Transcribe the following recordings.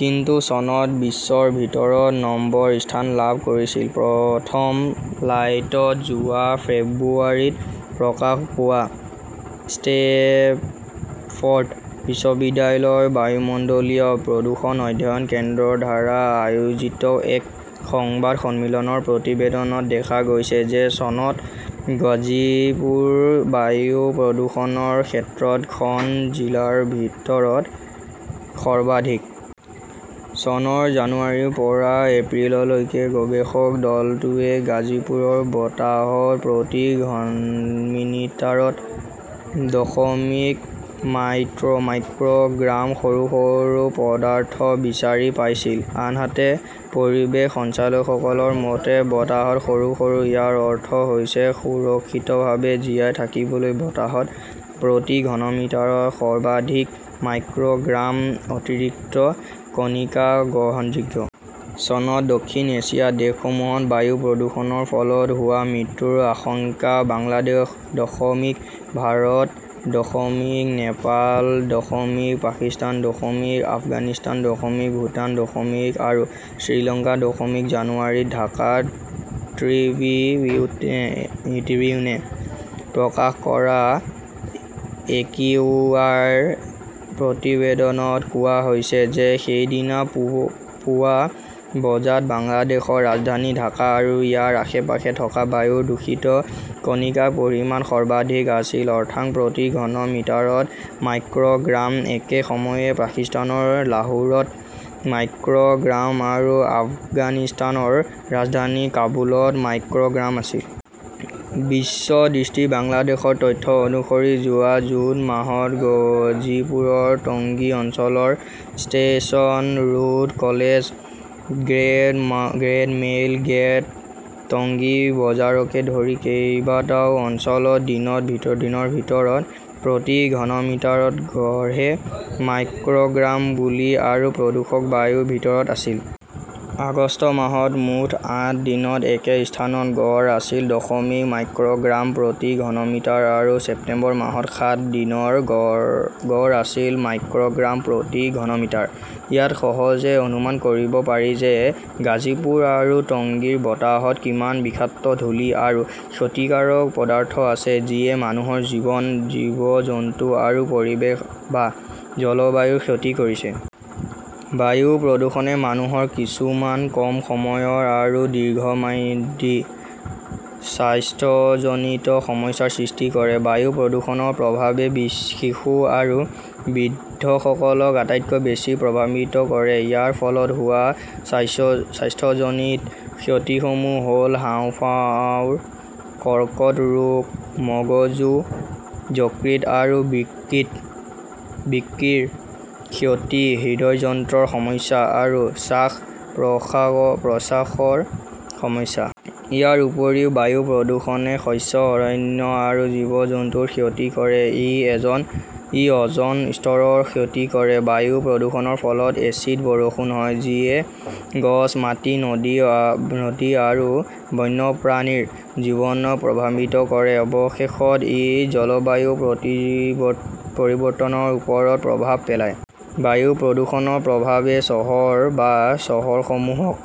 কিন্তু চনত বিশ্বৰ ভিতৰত নম্বৰ স্থান লাভ কৰিছিল। প্ৰথম লাইটত যোৱা ফেব্ৰুৱাৰীত প্ৰকাশ পোৱা ষ্টেমফৰ্ড বিশ্ববিদ্যালয়ৰ বায়ুমণ্ডলীয় প্ৰদূষণ অধ্যয়ন কেন্দ্ৰ ৰ দ্বাৰা আয়োজিত এক সংবাদ সন্মিলনৰ প্ৰতিবেদনত দেখা গৈছে যে চনত গাজিপুৰ বায়ু প্ৰদূষণৰ ক্ষেত্ৰত খন জিলাৰ ভিতৰত সৰ্বাধিক। চনৰ জানুৱাৰীৰ পৰা এপ্ৰিললৈকে গৱেষক দলটোৱে গাজীপুৰৰ বতাহত প্ৰতি ঘনমিনিটাৰত দশমিক মাইক্ৰ "গ্ৰাম সৰু সৰু পদাৰ্থ বিচাৰি পাইছিল; আনহাতে পৰিৱেশ সঞ্চালকালয়ৰ মতে, বতাহত সৰু সৰু ইয়াৰ অৰ্থ হৈছে সুৰক্ষিতভাৱে জীয়াই থাকিবলৈ বতাহত প্ৰতি ঘনমিটাৰত সৰ্বাধিক মাইক্ৰ "গ্ৰাম অতিৰিক্ত কণিকা গ্ৰহণযোগ্য। চনত দক্ষিণ এছিয়াৰ দেশসমূহত বায়ু প্ৰদূষণৰ ফলত হোৱা মৃত্যুৰ আশংকা: বাংলাদেশ দশমিক, ভাৰত দশমিক, নেপাল দশমিক, পাকিস্তান দশমিক, আফগানিস্তান দশমিক, ভূটান দশমিক আৰু শ্ৰীলংকা দশমিক জানুৱাৰীত ঢাকা ট্ৰিবিউনে প্ৰকাশ কৰা একিউআই প্ৰতিবেদনত কোৱা হৈছে যে সেইদিনা পুৱা বজাত বাংলাদেশৰ ৰাজধানী ঢাকা আৰু ইয়াৰ আশে-পাশে থকা বায়ুৰ দূষিত কণিকাৰ পৰিমাণ সৰ্বাধিক আছিল, অৰ্থাৎ প্ৰতি ঘন মিটাৰত মাইক্ৰ "গ্ৰাম; একে সময়ে পাকিস্তানৰ লাহোৰত মাইক্ৰ" গ্ৰাম আৰু আফগানিস্তানৰ ৰাজধানী কাবুলত মাইক্ৰ "গ্ৰাম আছিল। বিশ্ব দৃষ্টি বাংলাদেশৰ তথ্য অনুসৰি যোৱা জুন মাহত গজীপুৰত টংগী অঞ্চলৰ station road, college gate, mail gate, Tongi বজাৰকে ধৰি কেইবাটাও অঞ্চলত দিনৰ ভিতৰত প্ৰতি ঘনমিটাৰত গঢ়ে মাইক্ৰ’গ্ৰাম ধুলি আৰু প্ৰদূষক বায়ুৰ ভিতৰত আছিল। আগষ্ট মাহত মুঠ আঠ দিনত একে স্থানত গড় আছিল দশমিক মাইক্ৰ "গ্ৰাম প্ৰতি ঘনমিটাৰ আৰু ছেপ্টেম্বৰ মাহত সাত দিনৰ গড় আছিল মাইক্ৰ’গ্ৰাম প্ৰতি ঘনমিটাৰ। ইয়াত সহজে অনুমান কৰিব পাৰি যে গাজীপুৰ আৰু টংগীৰ বতাহত কিমান বিষাক্ত ধূলি আৰু ক্ষতিকাৰক পদাৰ্থ আছে যিয়ে মানুহৰ জীৱন, জীৱ-জন্তু আৰু পৰিৱেশ বা জলবায়ুৰ ক্ষতি কৰিছে। বায়ু প্ৰদূষণে মানুহৰ কিছুমান কম সময়ৰ আৰু দীৰ্ঘম্যাদী স্বাস্থ্যজনিত সমস্যাৰ সৃষ্টি কৰে। বায়ু প্ৰদূষণৰ প্ৰভাৱে শিশু আৰু বৃদ্ধসকলক আটাইতকৈ বেছি প্ৰভাৱিত কৰে। ইয়াৰ ফলত হোৱা স্বাস্থ্যজনিত ক্ষতিসমূহ হ’ল হাঁওফাঁওৰ কৰ্কট ৰোগ, মগজু, যকৃত আৰু বৃক্কিৰ ক্ষতি, হৃদযন্ত্ৰৰ সমস্যা আৰু শ্বাস-প্ৰশ্বাসৰ সমস্যা। ইয়াৰ উপৰিও বায়ু প্ৰদূষণে শস্য, অৰণ্য আৰু জীৱ-জন্তুৰ ক্ষতি কৰে। ই অ’জন স্তৰৰ ক্ষতি কৰে। বায়ু প্ৰদূষণৰ ফলত এচিড বৰষুণ হয়; যিয়ে গছ, মাটি, নদী আৰু বন্যপ্ৰাণীৰ জীৱনক প্ৰভাম্বিত কৰে। অৱশেষত ই জলবায়ু পৰিৱৰ্তনৰ ওপৰত প্ৰভাৱ পেলায়। বায়ু প্ৰদূষণৰ প্ৰভাৱে চহৰ বা চহৰসমূহক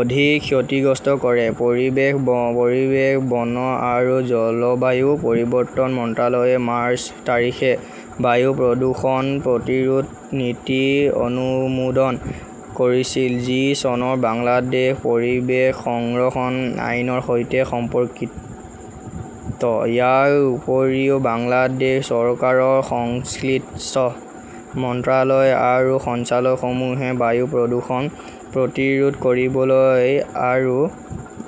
অধিক ক্ষতিগ্ৰস্ত কৰে। পৰিৱেশ, বন আৰু জলবায়ু পৰিৱৰ্তন মন্ত্ৰালয়ে মাৰ্চ, তাৰিখে বায়ু প্ৰদূষণ প্ৰতিৰোধ নীতি অনুমোদন কৰিছিল, যি চনৰ বাংলাদেশ পৰিৱেশ সংৰক্ষণ আইনৰ সৈতে সম্পৰ্কিত। ইয়াৰ উপৰিও বাংলাদেশ চৰকাৰৰ সংল্লিষ্ট মন্ত্ৰালয় আৰু সঞ্চালকালয়সমূহে বায়ু প্ৰদূষণ প্ৰতিৰোধ কৰিবলৈ আৰু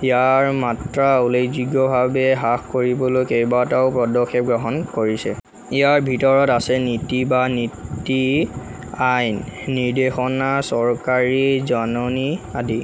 ইয়াৰ মাত্ৰা উল্লেখযোগ্যভাৱে হ্ৰাস কৰিবলৈ কেইবাটাও পদক্ষেপ গ্ৰহণ কৰিছে। ইয়াৰ ভিতৰত আছে নীতি বা নীতি, আইন, নিৰ্দেশনা, চৰকাৰী জাননী আদি।